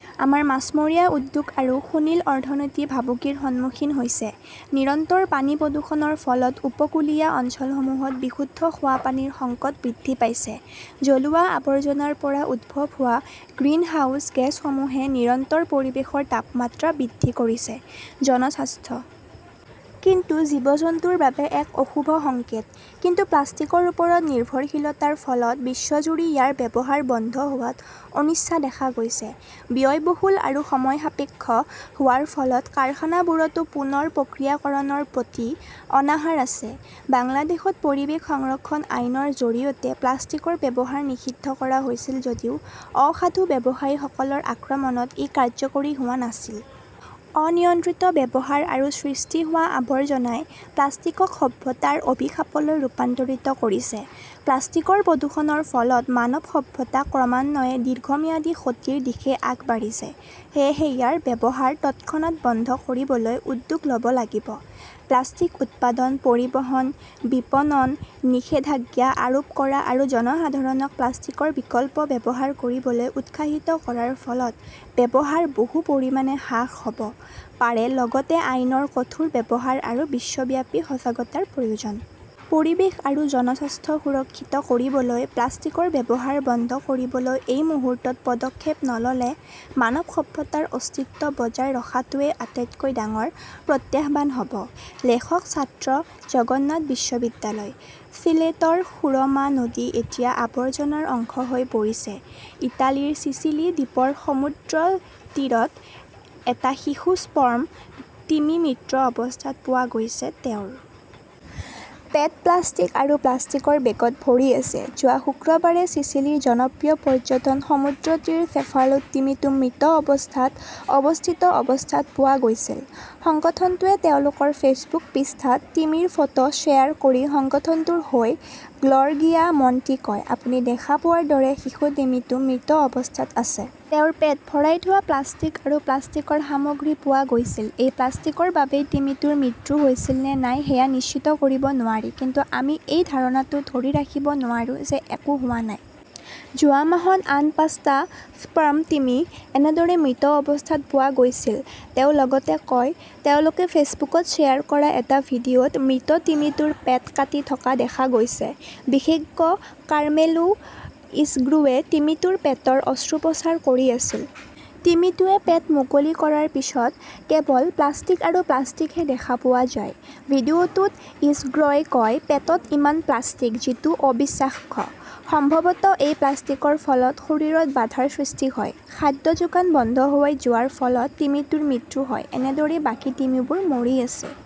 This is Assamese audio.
আমাৰ মাছমৰীয়া উদ্যোগ আৰু সুনীল অৰ্থনীতি ভাবুকিৰ সন্মুখীন হৈছে। নিৰন্তৰ পানী প্ৰদূষণৰ ফলত উপকূলীয় অঞ্চলসমূহত বিশুদ্ধ খোৱা পানীৰ সংকট বৃদ্ধি পাইছে। জ্বলোৱা আৱৰ্জনাৰ পৰা উদ্ভৱ হোৱা গ্ৰিনহাউজ গেছসমূহে নিৰন্তৰ পৰিৱেশৰ তাপমাত্ৰা বৃদ্ধি কৰিছে। জনস্বাস্থ্য--- কিন্তু জীৱ-জন্তুৰ বাবে এক অশুভ সংকেত। কিন্তু প্লাষ্টিকৰ ওপৰত নিৰ্ভৰশীলতাৰ ফলত বিশ্বজুৰি ইয়াৰ ব্যৱহাৰ বন্ধ হোৱাত অনিচ্ছা দেখা গৈছে। ব্যয়বহুল আৰু সময়সাপেক্ষ হোৱাৰ ফলত কাৰখানাবোৰতো পুনৰ প্ৰক্ৰিয়াকৰণৰ প্ৰতি অনাহাৰ আছে। বাংলাদেশত পৰিৱেশ সংৰক্ষণ আইনৰ জৰিয়তে প্লাষ্টিকৰ ব্যৱহাৰ নিষিদ্ধ কৰা হৈছিল যদিও অসাধু ব্যৱসায়ীসকলৰ আক্ৰমণত ই কাৰ্যকৰী হোৱা নাছিল। অনিয়ন্ত্ৰিত ব্যৱহাৰ আৰু সৃষ্টি হোৱা আৱৰ্জনাই প্লাষ্টিকক সভ্যতাৰ অভিশাপলৈ ৰূপান্তৰিত কৰিছে। প্লাষ্টিকৰ প্ৰদূষণৰ ফলত মানৱ সভ্যতা ক্ৰমান্বয়ে দীৰ্ঘম্যাদী ক্ষতিৰ দিশে আগবাঢ়িছে। সেয়েহে ইয়াৰ ব্যৱহাৰ তৎক্ষণাত বন্ধ কৰিবলৈ উদ্যোগ ল 'ব লাগিব। প্লাষ্টিক উৎপাদন, পৰিবহণ, বিপণন নিষেধাজ্ঞা আৰোপ কৰা আৰু জনসাধাৰণক প্লাষ্টিকৰ বিকল্প ব্যৱহাৰ কৰিবলৈ উৎসাহিত কৰাৰ ফলত ব্যৱহাৰ বহু পৰিমাণে হ্ৰাস হ'ব পাৰে লগতে আইনৰ কঠোৰ ব্যৱহাৰ আৰু বিশ্বব্যাপী সজাগতাৰ প্ৰয়োজন। পৰিৱেশ আৰু জনস্বাস্থ্য সুৰক্ষিত কৰিবলৈ প্লাষ্টিকৰ ব্যৱহাৰ বন্ধ কৰিবলৈ এই মুহূৰ্তত পদক্ষেপ নল 'লে মানৱ সভ্যতাৰ অস্তিত্ব বজাই ৰখাটোৱেই আটাইতকৈ ডাঙৰ প্ৰত্যাহ্বান হ'ব। লেখক ছাত্ৰ জগন্নাথ বিশ্ববিদ্যালয়। ছিলেটৰ সুৰমা নদী এতিয়া আৱৰ্জনাৰ অংশ হৈ পৰিছে ইটালীৰ চিচিলি দ্বীপৰ সমুদ্ৰতীৰত এটা শিশু স্পৰ্ম তিমি মৃত অৱস্থাত পোৱা গৈছে। তেওঁৰ--- পেট প্লাষ্টিক আৰু প্লাষ্টিকৰ বেগত ভৰি আছে। যোৱা শুক্ৰবাৰে চিচিলিৰ জনপ্ৰিয় পৰ্যটন সমুদ্ৰতীৰ চেফালুত তিমিটো মৃত অৱস্থাত অৱস্থিত অৱস্থাত পোৱা গৈছিল। সংগঠনটোৱে তেওঁলোকৰ ফেচবুক পৃষ্ঠাত তিমিৰ ফটো শ্বেয়াৰ কৰি সংগঠনটোৰ হৈ গ্ল'ৰগিয়া মণ্টি কয়, আপুনি দেখা পোৱাৰ দৰে শিশু তিমিটো মৃত অৱস্থাত আছে। তেওঁৰ পেট ভৰাই থোৱা প্লাষ্টিক আৰু প্লাষ্টিকৰ সামগ্ৰী পোৱা গৈছিল। এই প্লাষ্টিকৰ বাবেই তিমিটোৰ মৃত্যু হৈছিল নে নাই সেয়া নিশ্চিত কৰিব নোৱাৰি। কিন্তু আমি এই ধাৰণাটো ধৰি ৰাখিব নোৱাৰোঁ যে একো হোৱা নাই। যোৱা মাহত আন পাঁচটা স্পাৰ্ম তিমি এনেদৰে মৃত অৱস্থাত পোৱা গৈছিল, তেওঁ লগতে কয়। তেওঁলোকে ফেচবুকত শ্বেয়াৰ কৰা এটা ভিডিঅ'ত মৃত তিমিটোৰ পেট কাটি থকা দেখা গৈছে। বিশেষজ্ঞ কাৰ্মেলো ইছগ্ৰোৱে তিমিটোৰ পেটৰ অস্ত্ৰোপচাৰ কৰি আছিল। তিমিটোৱে পেট মুকলি কৰাৰ পিছত কেৱল প্লাষ্টিক আৰু প্লাষ্টিকহে দেখা পোৱা যায়। ভিডিঅ'টোত ইছগ্ৰ'ই কয়, পেটত ইমান প্লাষ্টিক! যিটো অবিশ্বাস্য। সম্ভৱত এই প্লাষ্টিকৰ ফলত শৰীৰত বাধাৰ সৃষ্টি হয়, খাদ্য যোগান বন্ধ হৈ যোৱাৰ ফলত তিমিটোৰ মৃত্যু হয়। এনেদৰেই বাকী তিমিবোৰ মৰি আছে।